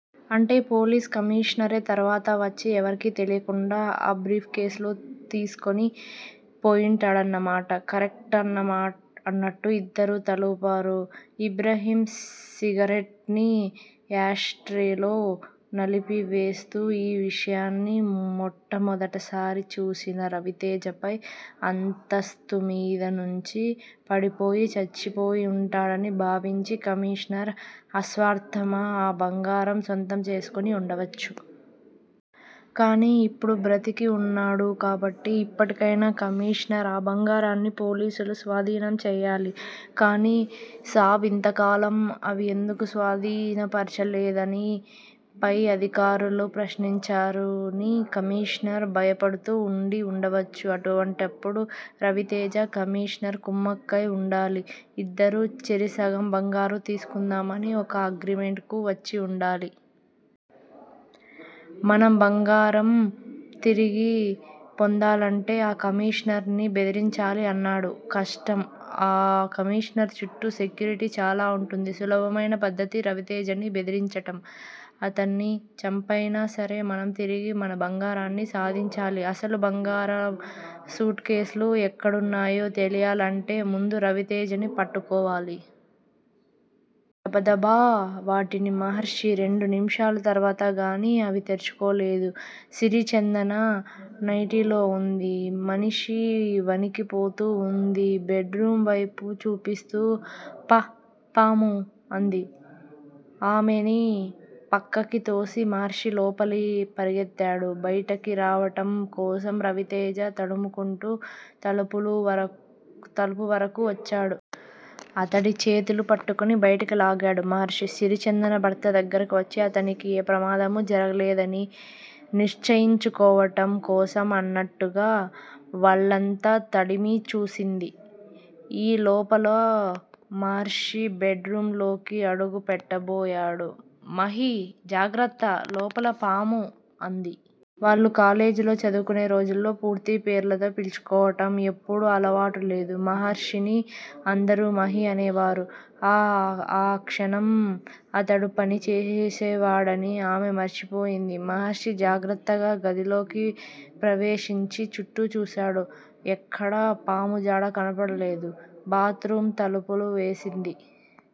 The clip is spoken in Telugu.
అంటే పోలీస్ కమీషనరే తర్వాత వచ్చి ఎవరికీ తెలియకుండా ఆ బ్రీఫ్ కేసులు తీసుకొని పోయుంటాడన్నమాట. కరెక్ట్ అన్నట్టు ఇద్దరూ తలూపారు. ఇబ్రహీం సిగరెట్ ని యాష్ ట్రే లో నలిపేస్తూ ఈ విషయాన్ని మొట్టమొదటసారి చూసిన 'రవితేజ' పై అంతస్థుమీద నుంచి పడిపోయి చచ్చిపొయింటాడని భావించి కమీషనర్ అశ్వర్ధామ ఆ బంగారం సొంతం చేసుకొని ఉండొచ్చు. కానీ ఇప్పుడు బతికి ఉన్నాడు కాబట్టి, ఇప్పటికైనా కమీషనర్ ఆ బంగారాన్ని పోలీసులు స్వాధీనం చేయాలి. కానీ సాబ్ ఇంతకాలం అవి ఎందుకు స్వాధీనపరచలేదని పై అధికారులు ప్రశ్నించారని కమీషనర్ భయపడుతూ ఉండి ఉండవచ్చు! అటువంటప్పుడు రవితేజ, కమీషనర్ కుమ్మక్కై ఉండాలి. ఇద్దరూ చెరిసగం బంగారం తీసుకుందామని ఒక అగ్రిమెంటుకు వచ్చి ఉండాలి. మనం బంగారం తిరిగి పొందాలంటే ఆ కమీషనర్ ని బెదిరించాలి అన్నాడు. కష్టం. ఆ కమీషనర్ చుట్టూ సెక్యూరిటీ చాలా వుంటుంది. సులభమైన పద్ధతి రవితేజని బెదిరించటం. అతన్ని చంపైనా సరే మనం తిరిగి మన బంగారాన్ని సాధించాలి. అసలా బంగారం సూట్ కేస్ లు ఎక్కడున్నాయో తెలియాలంటే ముందు రవితేజని పట్టుకోవాలి. దబదబా వాటిని మహర్షి, రెండు నిమిషాల తర్వాత గానీ అవి తెరుచుకోలేదు. సిరిచందన నైటీలో వుంది. మనిషి వణికిపోతూ ఉంది. బెడ్ రూం వైపు చూపిస్తూ పా పాము అంది. ఆమెని పక్కకితోసి మహర్షి లోపలి పరిగెత్తాడు. బైటకి రావటం కోసం రవితేజ. తడుముకుంటూ తలుపు వరకూ వచ్చాడు. అతడి చేతులు పట్టుకుని బయటికి లాగాడు మహర్షి. సిరిచందన భర్త దగ్గరికి వచ్చి అతనికి ఏ ప్రమాదమూ జరగలేదని నిశ్చయించుకోవటం కోసం అన్నట్టుగా వళ్ళంతా తడిమి చూసింది. ఈ లోపులో మహర్షి బెడ్ రూం లోకి అడుగు పెట్టబోయాడు. మహీ, జాగ్రత్త! లోపల పాము అంది. వాళ్ళు కాలేజీలో చదువుకొనే రోజుల్లో పూర్తి పేర్లతో పిలుచుకోవటం ఎప్పుడూ అలవాటు లేదు. మహర్షిని అందరూ 'మహీ' అనేవారు. ఆ ఆ క్షణం అతడు పనిచేసేవాడని ఆమె మర్చిపోయింది. మహర్షి జాగ్రత్తగా గదిలోకి ప్రవేశించి చుట్టూ చూశాడు. ఎక్కడా పాముజాడ కనపడలేదు. బాత్ రూం తలుపులు వేసింది.